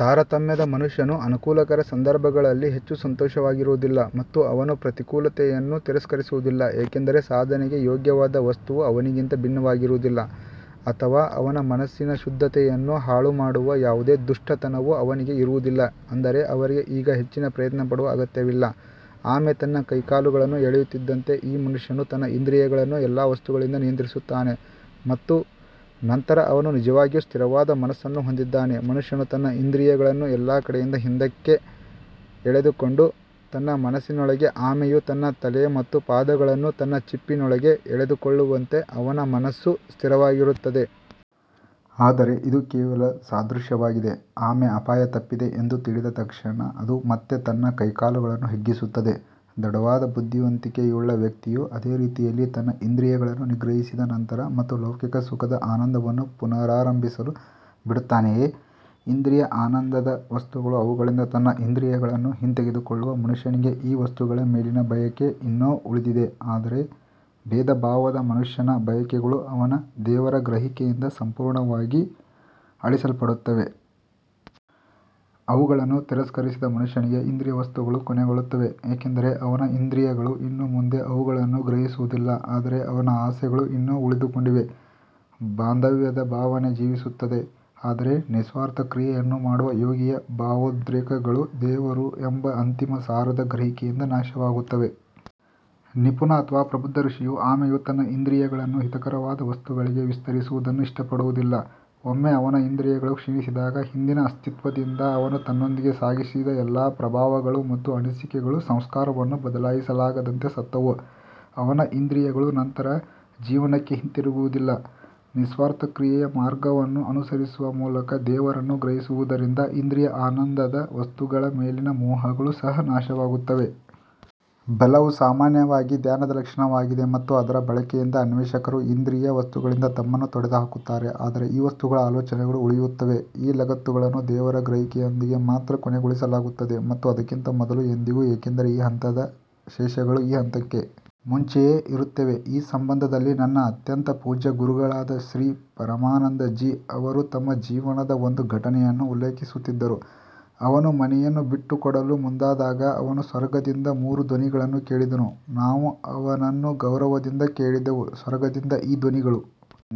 ತಾರತಮ್ಯದ ಮನುಷ್ಯನು ಅನುಕೂಲಕರ ಸಂದರ್ಭಗಳಲ್ಲಿ ಹೆಚ್ಚು ಸಂತೋಷವಾಗಿರುವುದಿಲ್ಲ ಮತ್ತು ಅವನು ಪ್ರತಿಕೂಲತೆಯನ್ನು ತಿರಸ್ಕರಿಸುವುದಿಲ್ಲ ಏಕೆಂದರೆ ಸಾಧನೆಗೆ ಯೋಗ್ಯವಾದ ವಸ್ತುವು ಅವನಿಗಿಂತ ಭಿನ್ನವಾಗಿರುವುದಿಲ್ಲ ಅಥವಾ ಅವನ ಮನಸ್ಸಿನ ಶುದ್ಧತೆಯನ್ನು ಹಾಳುಮಾಡುವ ಯಾವುದೇ ದುಷ್ಟತನವು ಅವನಿಗೆ ಇರುವುದಿಲ್ಲ. ಅಂದರೆ ಅವರಿಗೆ ಈಗ ಹೆಚ್ಚಿನ ಪ್ರಯತ್ನ ಪಡುವ ಅಗತ್ಯವಿಲ್ಲ ಆಮೆ ತನ್ನ ಕೈಕಾಲುಗಳನ್ನು ಎಳೆಯುತ್ತಿದ್ದಂತೆ ಈ ಮನುಷ್ಯನು ತನ್ನ ಇಂದ್ರಿಯಗಳನ್ನು ಎಲ್ಲಾ ವಸ್ತುಗಳಿಂದ ನಿಯಂತ್ರಿಸುತ್ತಾನೆ ಮತ್ತು ನಂತರ ಅವನು ನಿಜವಾಗಿಯೂ ಸ್ಥಿರವಾದ ಮನಸ್ಸನ್ನು ಹೊಂದಿದ್ದಾನೆ ಮನುಷ್ಯನು ತನ್ನ ಇಂದ್ರಿಯಗಳನ್ನು ಎಲ್ಲಾ ಕಡೆಯಿಂದ ಹಿಂದಕ್ಕೆ ಎಳೆದುಕೊಂಡು ತನ್ನ ಮನಸ್ಸಿನೊಳಗೆ ಆಮೆಯು ತನ್ನ ತಲೆ ಮತ್ತು ಪಾದಗಳನ್ನು ತನ್ನ ಚಿಪ್ಪಿನೊಳಗೆ ಎಳೆದುಕೊಳ್ಳುವಂತೆ ಅವನ ಮನಸ್ಸು ಸ್ಥಿರವಾಗಿರುತ್ತದೆ. ಆದರೆ ಇದು ಕೇವಲ ಸಾದೃಶ್ಯವಾಗಿದೆ ಆಮೆ ಅಪಾಯ ತಪ್ಪಿದೆ ಎಂದು ತಿಳಿದ ತಕ್ಷಣ ಅದು ಮತ್ತೆ ತನ್ನ ಕೈಕಾಲುಗಳನ್ನು ಹಿಗ್ಗಿಸುತ್ತದೆ ದೃಢವಾದ ಬುದ್ಧಿವಂತಿಕೆಯುಳ್ಳ ವ್ಯಕ್ತಿಯು ಅದೇ ರೀತಿಯಲ್ಲಿ ತನ್ನ ಇಂದ್ರಿಯಗಳನ್ನು ನಿಗ್ರಹಿಸಿದ ನಂತರ ಮತ್ತು ಲೌಕಿಕ ಸುಖದ ಆನಂದವನ್ನು ಪುನರಾರಂಭಿಸಲು ಬಿಡುತ್ತಾನೆಯೇ? ಇಂದ್ರಿಯ ಆನಂದದ ವಸ್ತುಗಳು ಅವುಗಳಿಂದ ತನ್ನ ಇಂದ್ರಿಯಗಳನ್ನು ಹಿಂತೆಗೆದುಕೊಳ್ಳುವ ಮನುಷ್ಯನಿಗೆ ಈ ವಸ್ತುಗಳ ಮೇಲಿನ ಬಯಕೆ ಇನ್ನೂ ಉಳಿದಿದೆ ಆದರೆ ಭೇದಭಾವದ ಮನುಷ್ಯನ ಬಯಕೆಗಳು ಅವನ ದೇವರ ಗ್ರಹಿಕೆಯಿಂದ ಸಂಪೂರ್ಣವಾಗಿ ಅಳಿಸಲ್ಪಡುತ್ತವೆ. ಅವುಗಳನ್ನು ತಿರಸ್ಕರಿಸಿದ ಮನುಷ್ಯನಿಗೆ ಇಂದ್ರಿಯ ವಸ್ತುಗಳು ಕೊನೆಗೊಳ್ಳುತ್ತವೆ ಏಕೆಂದರೆ ಅವನ ಇಂದ್ರಿಯಗಳು ಇನ್ನು ಮುಂದೆ ಅವುಗಳನ್ನು ಗ್ರಹಿಸುವುದಿಲ್ಲ ಆದರೆ ಅವನ ಆಸೆಗಳು ಇನ್ನೂ ಉಳಿದುಕೊಂಡಿವೆ. ಬಾಂಧವ್ಯದ ಭಾವನೆ ಜೀವಿಸುತ್ತದೆ ಆದರೆ ನಿಸ್ವಾರ್ಥ ಕ್ರಿಯೆಯನ್ನು ಮಾಡುವ ಯೋಗಿಯ ಭಾವೋದ್ರೇಕಗಳು ದೇವರು ಎಂಬ ಅಂತಿಮ ಸಾರದ ಗ್ರಹಿಕೆಯಿಂದ ನಾಶವಾಗುತ್ತವೆ. ನಿಪುಣ ಅಥವಾ ಪ್ರಬುದ್ಧ ಋಷಿಯು ಆಮೆಯು ತನ್ನ ಇಂದ್ರಿಯಗಳನ್ನು ಹಿತಕರವಾದ ವಸ್ತುಗಳಿಗೆ ವಿಸ್ತರಿಸುವುದನ್ನು ಇಷ್ಟಪಡುವುದಿಲ್ಲ. ಒಮ್ಮೆ ಅವನ ಇಂದ್ರಿಯಗಳು ಕ್ಷೀಣಿಸಿದಾಗ, ಹಿಂದಿನ ಅಸ್ತಿತ್ವದಿಂದ ಅವನು ತನ್ನೊಂದಿಗೆ ಸಾಗಿಸಿದ ಎಲ್ಲಾ ಪ್ರಭಾವಗಳು ಮತ್ತು ಅನಿಸಿಕೆಗಳು ಸಂಸ್ಕಾರವನ್ನು ಬದಲಾಯಿಸಲಾಗದಂತೆ ಸತ್ತವು. ಅವನ ಇಂದ್ರಿಯಗಳು ನಂತರ ಜೀವನಕ್ಕೆ ಹಿಂತಿರುಗುವುದಿಲ್ಲ ನಿಸ್ವಾರ್ಥ ಕ್ರಿಯೆಯ ಮಾರ್ಗವನ್ನು ಅನುಸರಿಸುವ ಮೂಲಕ ದೇವರನ್ನು ಗ್ರಹಿಸುವುದರಿಂದ ಇಂದ್ರಿಯ ಆನಂದದ ವಸ್ತುಗಳ ಮೇಲಿನ ಮೋಹಗಳು ಸಹ ನಾಶವಾಗುತ್ತವೆ. ಬಲವು ಸಾಮಾನ್ಯವಾಗಿ ಧ್ಯಾನದ ಲಕ್ಷಣವಾಗಿದೆ ಮತ್ತು ಅದರ ಬಳಕೆಯಿಂದ ಅನ್ವೇಷಕರು ಇಂದ್ರಿಯ ವಸ್ತುಗಳಿಂದ ತಮ್ಮನ್ನು ತೊಡೆದುಹಾಕುತ್ತಾರೆ ಆದರೆ ಈ ವಸ್ತುಗಳ ಆಲೋಚನೆಗಳು ಉಳಿಯುತ್ತವೆ ಈ ಲಗತ್ತುಗಳನ್ನು ದೇವರ ಗ್ರಹಿಕೆಯೊಂದಿಗೆ ಮಾತ್ರ ಕೊನೆಗೊಳಿಸಲಾಗುತ್ತದೆ ಮತ್ತು ಅದಕ್ಕಿಂತ ಮೊದಲು ಎಂದಿಗೂ ಏಕೆಂದರೆ ಈ ಹಂತದ ಶೇಷಗಳು ಈ ಹಂತಕ್ಕೆ ಮುಂಚೆಯೇ ಇರುತ್ತವೆ ಈ ಸಂಬಂಧದಲ್ಲಿ ನನ್ನ ಅತ್ಯಂತ ಪೂಜ್ಯ ಗುರುಗಳಾದ ಶ್ರೀ ಪರಮಾನಂದ ಜಿ ಅವರು ತಮ್ಮ ಜೀವನದ ಒಂದು ಘಟನೆಯನ್ನು ಉಲ್ಲೇಖಿಸುತ್ತಿದ್ದರು ಅವನು ಮನೆಯನ್ನು ಬಿಟ್ಟುಕೊಡಲು ಮುಂದಾದಾಗ ಅವನು ಸ್ವರ್ಗದಿಂದ ಮೂರು ಧ್ವನಿಗಳನ್ನು ಕೇಳಿದನು ನಾವು ಅವನನ್ನು ಗೌರವದಿಂದ ಕೇಳಿದೆವು ಸ್ವರ್ಗದಿಂದ ಈ ಧ್ವನಿಗಳು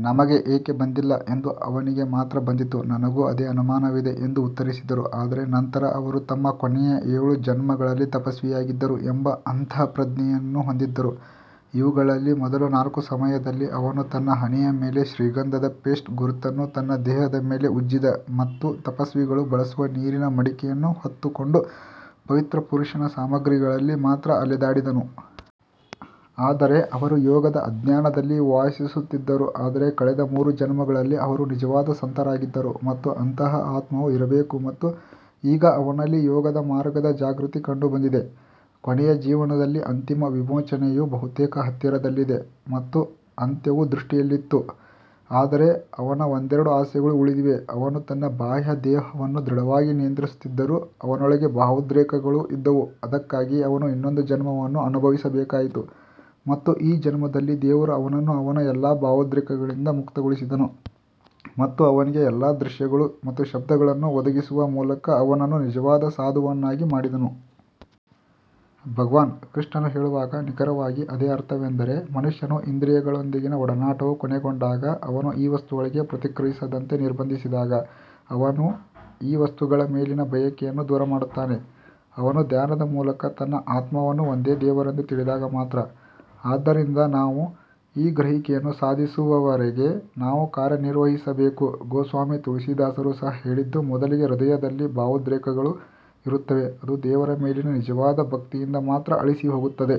ನಮಗೆ ಏಕೆ ಬಂದಿಲ್ಲ ಎಂದು ಅವನಿಗೆ ಮಾತ್ರ ಬಂದಿತು ನನಗೂ ಅದೇ ಅನುಮಾನವಿದೆ ಎಂದು ಉತ್ತರಿಸಿದರು ಆದರೆ ನಂತರ ಅವರು ತಮ್ಮ ಕೊನೆಯ ಏಳು ಜನ್ಮಗಳಲ್ಲಿ ತಪಸ್ವಿಯಾಗಿದ್ದರು ಎಂಬ ಅಂತಃಪ್ರಜ್ಞೆಯನ್ನು ಹೊಂದಿದ್ದರು ಇವುಗಳಲ್ಲಿ ಮೊದಲ ನಾಲ್ಕು ಸಮಯದಲ್ಲಿ ಅವನು ತನ್ನ ಹಣೆಯ ಮೇಲೆ ಶ್ರೀಗಂಧದ ಪೇಸ್ಟ್ ಗುರುತನ್ನು ತನ್ನ ದೇಹದ ಮೇಲೆ ಉಜ್ಜಿದ ಮತ್ತು ತಪಸ್ವಿಗಳು ಬಳಸುವ ನೀರಿನ ಮಡಕೆಯನ್ನು ಹೊತ್ತುಕೊಂಡು ಪವಿತ್ರ ಪುರುಷನ ಸಾಮಾಗ್ರಿಗಳಲ್ಲಿ ಮಾತ್ರ ಅಲೆದಾಡಿದನು. ಆಗ ಅವರು ಯೋಗದ ಅಜ್ಞಾನದಲ್ಲಿ ವಾಸಿಸುತ್ತಿದ್ದರು ಆದರೆ ಕಳೆದ ಮೂರು ಜನ್ಮಗಳಲ್ಲಿ ಅವರು ನಿಜವಾದ ಸಂತರಾಗಿದ್ದರು ಮತ್ತು ಅಂತಹ ಆತ್ಮವು ಇರಬೇಕು ಮತ್ತು ಈಗ ಅವನಲ್ಲಿ ಯೋಗದ ಮಾರ್ಗದ ಜಾಗೃತಿ ಕಂಡುಬಂದಿದೆ. ಕೊನೆಯ ಜೀವನದಲ್ಲಿ ಅಂತಿಮ ವಿಮೋಚನೆಯು ಬಹುತೇಕ ಹತ್ತಿರದಲ್ಲಿದೆ ಮತ್ತು ಅಂತ್ಯವು ದೃಷ್ಟಿಯಲ್ಲಿತ್ತು ಆದರೆ ಅವನ ಒಂದೆರಡು ಆಸೆಗಳು ಉಳಿದಿವೆ ಅವನು ತನ್ನ ಬಾಹ್ಯ ದೇಹವನ್ನು ದೃಢವಾಗಿ ನಿಯಂತ್ರಿಸುತ್ತಿದ್ದರೂ ಅವನೊಳಗೆ ಈ ಭಾವೋದ್ರೇಕಗಳು ಇದ್ದವು ಅದಕ್ಕಾಗಿಯೇ ಅವನು ಇನ್ನೊಂದು ಜನ್ಮವನ್ನು ಅನುಭವಿಸಬೇಕಾಯಿತು ಮತ್ತು ಈ ಜನ್ಮದಲ್ಲಿ ದೇವರು ಅವನನ್ನು ಅವನ ಎಲ್ಲಾ ಭಾವೋದ್ರೇಕಗಳಿಂದ ಮುಕ್ತಗೊಳಿಸಿದನು ಮತ್ತು ಅವನಿಗೆ ಎಲ್ಲಾ ದೃಶ್ಯಗಳು ಮತ್ತು ಶಬ್ದಗಳನ್ನು ಒದಗಿಸುವ ಮೂಲಕ ಅವನನ್ನು ನಿಜವಾದ ಸಾಧುವನ್ನಾಗಿ ಮಾಡಿದನು. ಭಗವಾನ್ ಕೃಷ್ಣನು ಹೇಳುವಾಗ ನಿಖರವಾಗಿ ಅದೇ ಅರ್ಥವೆಂದರೆ ಮನುಷ್ಯನು ಇಂದ್ರಿಯಗಳೊಂದಿಗಿನ ಒಡನಾಟವು ಕೊನೆಗೊಂಡಾಗ ಅವನು ಈ ವಸ್ತುಗಳಿಗೆ ಪ್ರತಿಕ್ರಿಯಿಸದಂತೆ ನಿರ್ಬಂಧಿಸಿದಾಗ ಅವನು ಈ ವಸ್ತುಗಳ ಮೇಲಿನ ಬಯಕೆಯನ್ನು ದೂರಮಾಡುತ್ತಾನೆ, ಅವನು ಧ್ಯಾನದ ಮೂಲಕ ತನ್ನ ಆತ್ಮವನ್ನು ಒಂದೇ ದೇವರೆಂದು ತಿಳಿದಾಗ ಮಾತ್ರ. ಆದ್ದರಿಂದ ನಾವು ಈ ಗ್ರಹಿಕೆಯನ್ನು ಸಾಧಿಸುವವರೆಗೆ ನಾವು ಕಾರ್ಯನಿರ್ವಹಿಸಬೇಕು ಗೋಸ್ವಾಮಿ ತುಳಸಿದಾಸರು ಸಹ ಹೇಳಿದ್ದು, ಮೊದಲಿಗೆ ಹೃದಯದಲ್ಲಿ ಭಾವೋದ್ರೇಕಗಳು ಇರುತ್ತವೆ, ಅದು ದೇವರ ಮೇಲಿನ ನಿಜವಾದ ಭಕ್ತಿಯಿಂದ ಮಾತ್ರ ಅಳಿಸಿಹೋಗುತ್ತದೆ.